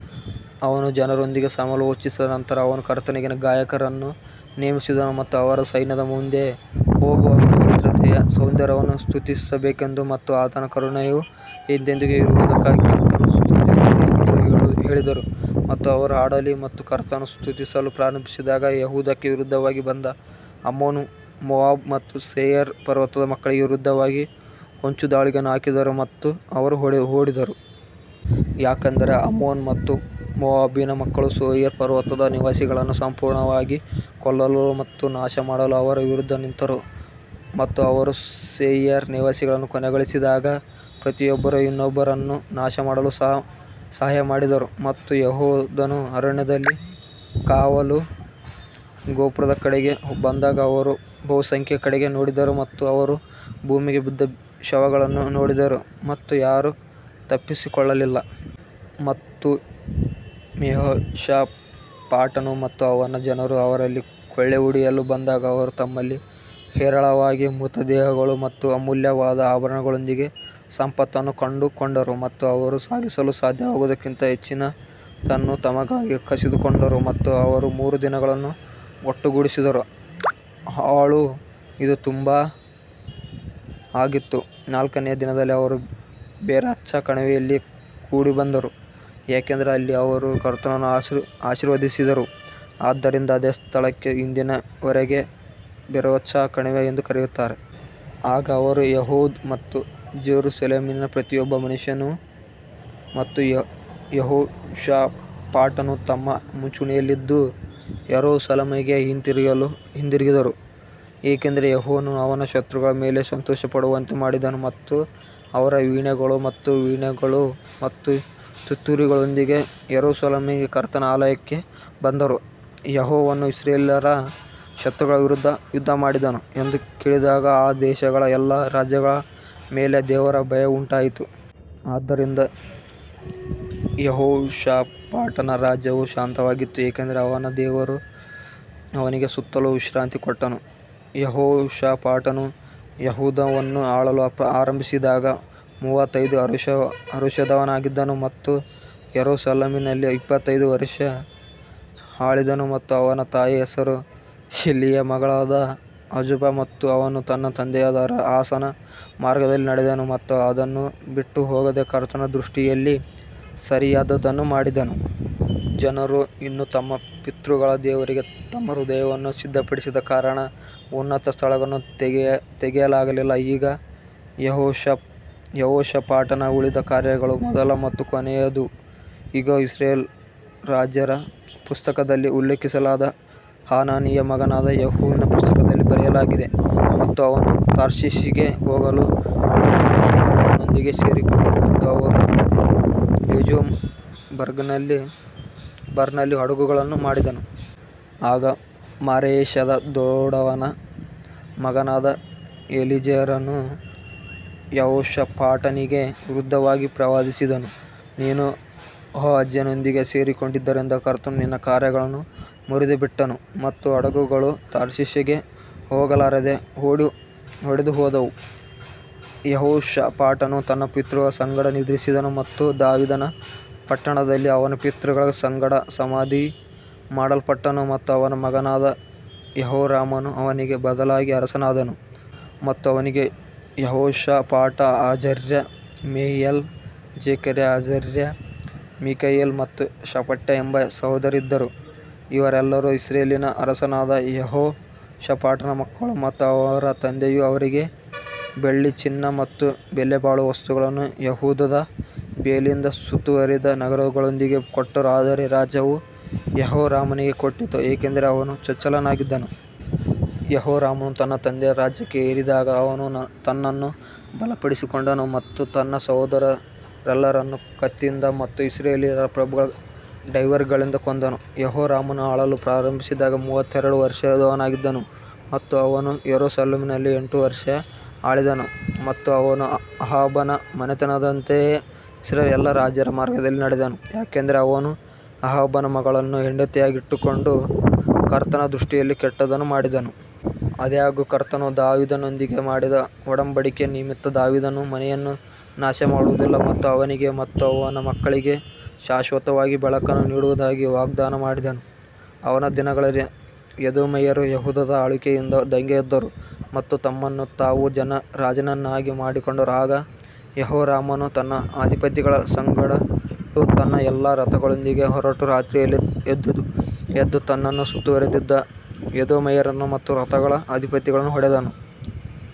ಅವನು ಜನರೊಂದಿಗೆ ಸಮಾಲೋಚಿಸಿದ ನಂತರ ಅವನು ಕರ್ತನಿಗೆ ಗಾಯಕರನ್ನು ನೇಮಿಸಿದನು ಮತ್ತು ಅವರು ಸೈನ್ಯದ ಮುಂದೆ ಹೋಗುವಾಗ ಪವಿತ್ರತೆಯ ಸೌಂದರ್ಯವನ್ನು ಸ್ತುತಿಸಬೇಕೆಂದು ಮತ್ತು ಆತನ ಕರುಣೆಯು ಎಂದೆಂದಿಗೂ ಇರುವದಕ್ಕಾಗಿ ಕರ್ತನನ್ನು ಸ್ತುತಿಸಲಿ ಎಂದು ಹೇಳಿದರು. ಮತ್ತು ಅವರು ಹಾಡಲು ಮತ್ತು ಕರ್ತನನ್ನು ಸ್ತುತಿಸಲು ಪ್ರಾರಂಭಿಸಿದಾಗ ಯೆಹೂದಕ್ಕೆ ವಿರುದ್ಧವಾಗಿ ಬಂದ ಅಮ್ಮೋನ್ ಮೋವಾಬ್ ಮತ್ತು ಸೇಯರ್ ಪರ್ವತದ ಮಕ್ಕಳಿಗೆ ವಿರುದ್ಧವಾಗಿ ಹೊಂಚುದಾಳಿಗಳನ್ನು ಹಾಕಿದರು ಮತ್ತು ಅವರು ಹೊಡೆದರು. ಯಾಕಂದರೆ ಅಮ್ಮೋನ್ ಮತ್ತು ಮೋವಾಬಿನ ಮಕ್ಕಳು ಸೇಯಿರ್ ಪರ್ವತದ ನಿವಾಸಿಗಳನ್ನು ಸಂಪೂರ್ಣವಾಗಿ ಕೊಲ್ಲಲು ಮತ್ತು ನಾಶಮಾಡಲು ಅವರ ವಿರುದ್ಧ ನಿಂತರು ಮತ್ತು ಅವರು ಸೇಯಿರ್ ನಿವಾಸಿಗಳನ್ನು ಕೊನೆಗೊಳಿಸಿದಾಗ ಪ್ರತಿಯೊಬ್ಬರೂ ಇನ್ನೊಬ್ಬರನ್ನು ನಾಶಮಾಡಲು ಸಹಾಯ ಮಾಡಿದರು. ಮತ್ತು ಯೆಹೂದನು ಅರಣ್ಯದಲ್ಲಿ ಕಾವಲು ಗೋಪುರದ ಕಡೆಗೆ ಬಂದಾಗ ಅವರು ಬಹುಸಂಖ್ಯೆಯ ಕಡೆಗೆ ನೋಡಿದರು ಮತ್ತು ಅವರು ಭೂಮಿಗೆ ಬಿದ್ದ ಶವಗಳನ್ನು ನೋಡಿದರು ಮತ್ತು ಯಾರೂ ತಪ್ಪಿಸಿಕೊಳ್ಳಲಿಲ್ಲ. ಮತ್ತು ಯೆಹೋಷಾಫಾಟನು ಮತ್ತು ಅವನ ಜನರು ಅವರಲ್ಲಿ ಕೊಳ್ಳೆಹೊಡೆಯಲು ಬಂದಾಗ ಅವರು ತಮ್ಮಲ್ಲಿ ಹೇರಳವಾಗಿ ಮೃತದೇಹಗಳು ಮತ್ತು ಅಮೂಲ್ಯವಾದ ಆಭರಣಗಳೊಂದಿಗೆ ಸಂಪತ್ತನ್ನು ಕಂಡುಕೊಂಡರು ಮತ್ತು ಅವರು ಸಾಗಿಸಲು ಸಾಧ್ಯವಾಗುವುದಕ್ಕಿಂತ ಹೆಚ್ಚಿನದನ್ನು ತಮಗಾಗಿ ಕಸಿದುಕೊಂಡರು ಮತ್ತು ಅವರು ಮೂರು ದಿನಗಳನ್ನು ಒಟ್ಟುಗೂಡಿಸಿದರು. ಹಾಳು ಇದು ತುಂಬಾ ಆಗಿತ್ತು ನಾಲ್ಕನೆಯ ದಿನದಲ್ಲಿ ಅವರು ಬೆರಾಚಾ ಕಣಿವೆಯಲ್ಲಿ ಕೂಡಿಬಂದರು, ಯಾಕಂದರೆ ಅಲ್ಲಿ ಅವರು ಕರ್ತನನ್ನು ಆಶೀರ್ವದಿಸಿದರು, ಆದ್ದರಿಂದ ಅದೇ ಸ್ಥಳಕ್ಕೆ ಇಂದಿನ ವರೆಗೆ ಬೆರಾಚಾ ಕಣಿವೆ ಎಂದು ಕರೆಯುತ್ತಾರೆ. ಆಗ ಅವರು ಯೆಹೂದ ಮತ್ತು ಜೆರುಸಲೇಮಿನ ಪ್ರತಿಯೊಬ್ಬ ಮನುಷ್ಯನೂ ಮತ್ತು ಯೆಹೋಷಾಫಾಟನೂ ತಮ್ಮ ಮುಂಚೂಣಿಯಲ್ಲಿದ್ದು ಯೆರೂಸಲೇಮಿಗೆ ಹಿಂತಿರುಗಲು ಹಿಂದಿರುಗಿದರು, ಏಕೆಂದರೆ ಯೆಹೋವನು ಅವರ ಶತ್ರುಗಳ ಮೇಲೆ ಸಂತೋಷಪಡುವಂತೆ ಮಾಡಿದನು. ಮತ್ತು ಅವರು ವೀಣೆಗಳು ಮತ್ತು ವೀಣೆಗಳು ಮತ್ತು ತುತ್ತೂರಿಗಳೊಂದಿಗೆ ಯೆರೂಸಲೇಮಿಗೆ ಕರ್ತನ ಆಲಯಕ್ಕೆ ಬಂದರು. ಯೆಹೋವನು ಇಸ್ರಾಯೇಲ್ಯರ ಶತ್ರುಗಳ ವಿರುದ್ಧ ಯುದ್ಧಮಾಡಿದನು ಎಂದು ಕೇಳಿದಾಗ ಆ ದೇಶಗಳ ಎಲ್ಲಾ ರಾಜ್ಯಗಳ ಮೇಲೆ ದೇವರ ಭಯವುಂಟಾಯಿತು. ಆದ್ದರಿಂದ ಯೆಹೋಷಾಫಾಟನ ರಾಜ್ಯವು ಶಾಂತವಾಗಿತ್ತು, ಏಕೆಂದರೆ ಅವನ ದೇವರು ಅವನಿಗೆ ಸುತ್ತಲೂ ವಿಶ್ರಾಂತಿ ಕೊಟ್ಟನು ಯೆಹೋಷಾಫಾಟನು ಯೆಹೂದವನ್ನು ಆಳಲು ಆರಂಭಿಸಿದಾಗ ಮೂವತ್ತೈದು ವರುಷದವನಾಗಿದ್ದನು ಮತ್ತು ಯೆರೂಸಲೇಮಿನಲ್ಲಿ ಇಪ್ಪತ್ತೈದು ವರುಷ ಆಳಿದನು ಮತ್ತು ಅವನ ತಾಯಿಯ ಹೆಸರು ಶಿಲ್ಹಿಯ ಮಗಳಾದ ಅಜೂಬಾ. ಮತ್ತು ಅವನು ತನ್ನ ತಂದೆಯಾದ ಆಸನ ಮಾರ್ಗದಲ್ಲಿ ನಡೆದನು ಮತ್ತು ಅದನ್ನು ಬಿಟ್ಟು ಹೋಗದೆ ಕರ್ತನ ದೃಷ್ಟಿಯಲ್ಲಿ ಸರಿಯಾದದ್ದನ್ನು ಮಾಡಿದನು. ಜನರು ಇನ್ನೂ ತಮ್ಮ ಪಿತೃಗಳ ದೇವರಿಗೆ ತಮ್ಮ ಹೃದಯವನ್ನು ಸಿದ್ಧಪಡಿಸದ ಕಾರಣ ಉನ್ನತ ಸ್ಥಳಗಳನ್ನು ತೆಗೆಯಲಾಗಿಲ್ಲ. ಈಗ ಯೆಹೋಷಾಫಾಟನ ಉಳಿದ ಕಾರ್ಯಗಳು ಮೊದಲ ಮತ್ತು ಕೊನೆಯದು ಇಗೋ, ಇಸ್ರಾಯೇಲ್ ರಾಜರ ಪುಸ್ತಕದಲ್ಲಿ ಉಲ್ಲೇಖಿಸಲಾದ ಹನಾನಿಯ ಮಗನಾದ ಯೇಹುವಿನ ಪುಸ್ತಕದಲ್ಲಿ ಬರೆಯಲಾಗಿದೆ. ಮತ್ತು ಅವನು ತಾರ್ಷಿಷಿಗೆ ಹೋಗಲು ಹಡಗುಗಳನ್ನು ಮಾಡಲು ಅವನೊಂದಿಗೆ ಸೇರಿಕೊಂಡನು ಮತ್ತು ಅವರು ಎಜಿಯೋಂಗೆಬರ್ನಲ್ಲಿ ಹಡಗುಗಳನ್ನು ಮಾಡಿದರು. ಆಗ ಮಾರೇಷಾದ ದೋಡವನ ಮಗನಾದ ಎಲೀಯೇಜರನು ಯೆಹೋಷಾಫಾಟನಿಗೆ ವಿರುದ್ಧವಾಗಿ ಪ್ರವಾದಿಸಿದನು, ನೀನು ಅಹಜ್ಯನೊಂದಿಗೆ ಸೇರಿಕೊಂಡಿದ್ದರಿಂದ ಕರ್ತನು ನಿನ್ನ ಕಾರ್ಯಗಳನ್ನು ಮುರಿದುಬಿಟ್ಟನು ಮತ್ತು ಹಡಗುಗಳು ತಾರ್ಷೀಷಿಗೆ ಹೋಗಲಾರದೆ ಒಡೆದುಹೋದವು. ಯೆಹೋಷಾಫಾಟನು ತನ್ನ ಪಿತೃಗಳ ಸಂಗಡ ನಿದ್ರಿಸಿದನು ಮತ್ತು ದಾವೀದನ ಪಟ್ಟಣದಲ್ಲಿ ಅವನ ಪಿತೃಗಳ ಸಂಗಡ ಸಮಾಧಿಮಾಡಲ್ಪಟ್ಟನು ಮತ್ತು ಅವನ ಮಗನಾದ ಯೆಹೋರಾಮನು ಅವನಿಗೆ ಬದಲಾಗಿ ಅರಸನಾದನು. ಮತ್ತು ಅವನಿಗೆ ಯೆಹೋಷಾಫಾಟ ಅಜರ್ಯ, ಯೆಹಿಯೇಲ್, ಜೆಕರ್ಯ, ಅಜರ್ಯ, ಮಿಕಾಯೇಲ್ ಮತ್ತು ಶೆಫಟ್ಯ ಎಂಬ ಸಹೋದರರಿದ್ದರು, ಇವರೆಲ್ಲರೂ ಇಸ್ರಾಯೇಲಿನ ಅರಸನಾದ ಯೆಹೋಷಾಫಾಟನ ಮಕ್ಕಳು. ಮತ್ತು ಅವರ ತಂದೆಯು ಅವರಿಗೆ ಬೆಳ್ಳಿ, ಚಿನ್ನ ಮತ್ತು ಬೆಲೆಬಾಳುವ ವಸ್ತುಗಳನ್ನು ಯೆಹೂದದ ಬೇಲಿಯಿಂದ ಸುತ್ತುವರಿದ ನಗರಗಳೊಂದಿಗೆ ಕೊಟ್ಟರು ಆದರೆ ರಾಜ್ಯವು ಯೆಹೋರಾಮನಿಗೆ ಕೊಟ್ಟಿತು ಏಕೆಂದರೆ ಅವನು ಚೊಚ್ಚಲನಾಗಿದ್ದನು. ಯೆಹೋರಾಮನು ತನ್ನ ತಂದೆಯ ರಾಜ್ಯಕ್ಕೆ ಏರಿದಾಗ ಅವನು ತನ್ನನ್ನು ಬಲಪಡಿಸಿಕೊಂಡನು ಮತ್ತು ತನ್ನ ಸಹೋದರರೆಲ್ಲರನ್ನು ಕತ್ತಿಯಿಂದ ಮತ್ತು ಇಸ್ರಾಯೇಲ್ಯರ ಪ್ರಭುಗಳ ಡೈವರ್ಗಳಿಂದ ಕೊಂದನು. ಯೆಹೋರಾಮನು ಆಳಲು ಆರಂಭಿಸಿದಾಗ ಮೂವತ್ತೆರಡು ವರ್ಷದವನಾಗಿದ್ದನು ಮತ್ತು ಅವನು ಯೆರೂಸಲೇಮಿನಲ್ಲಿ ಎಂಟು ವರ್ಷ ಆಳಿದನು. ಮತ್ತು ಅವನು ಅಹಾಬನ ಮನೆತನದಂತೆಯೇ ಇಸ್ರಾಯೇಲ್ ರಾಜರ ಮಾರ್ಗದಲ್ಲಿ ನಡೆದನು, ಯಾಕಂದರೆ ಅವನು ಅಹಾಬನ ಮಗಳನ್ನು ಹೆಂಡತಿಯಾಗಿಟ್ಟುಕೊಂಡು ಕರ್ತನ ದೃಷ್ಟಿಯಲ್ಲಿ ಕೆಟ್ಟದ್ದನ್ನು ಮಾಡಿದನು. ಆದಾಗ್ಯೂ ಕರ್ತನು ದಾವೀದನೊಂದಿಗೆ ಮಾಡಿದ ಒಡಂಬಡಿಕೆಯ ನಿಮಿತ್ತ ದಾವೀದನ ಮನೆಯನ್ನು ನಾಶಮಾಡುವುದಿಲ್ಲ ಮತ್ತು ಅವನಿಗೆ ಮತ್ತು ಅವನ ಮಕ್ಕಳಿಗೆ ಶಾಶ್ವತವಾಗಿ ಬೆಳಕನ್ನು ನೀಡುವುದಾಗಿ ವಾಗ್ದಾನ ಮಾಡಿದನು. ಅವನ ದಿನಗಳಲ್ಲಿ ಎದೋಮ್ಯರು ಯೆಹೂದದ ಆಳ್ವಿಕೆಯಿಂದ ದಂಗೆ ಎದ್ದರು ಮತ್ತು ತಮ್ಮನ್ನು ತಾವು ರಾಜನನ್ನಾಗಿ ಮಾಡಿಕೊಂಡರು ಆಗ ಯೆಹೋರಾಮನು ತನ್ನ ಅಧಿಪತಿಗಳ ಸಂಗಡಲೂ ತನ್ನ ಎಲ್ಲಾ ರಥಗಳೊಂದಿಗೆ ಹೊರಟು ರಾತ್ರಿಯಲ್ಲಿ ಎದ್ದು ತನ್ನನ್ನು ಸುತ್ತುವರಿದಿದ್ದ ಎದೋಮ್ಯರನ್ನು ಮತ್ತು ರಥಗಳ ಅಧಿಪತಿಗಳನ್ನು ಹೊಡೆದನು.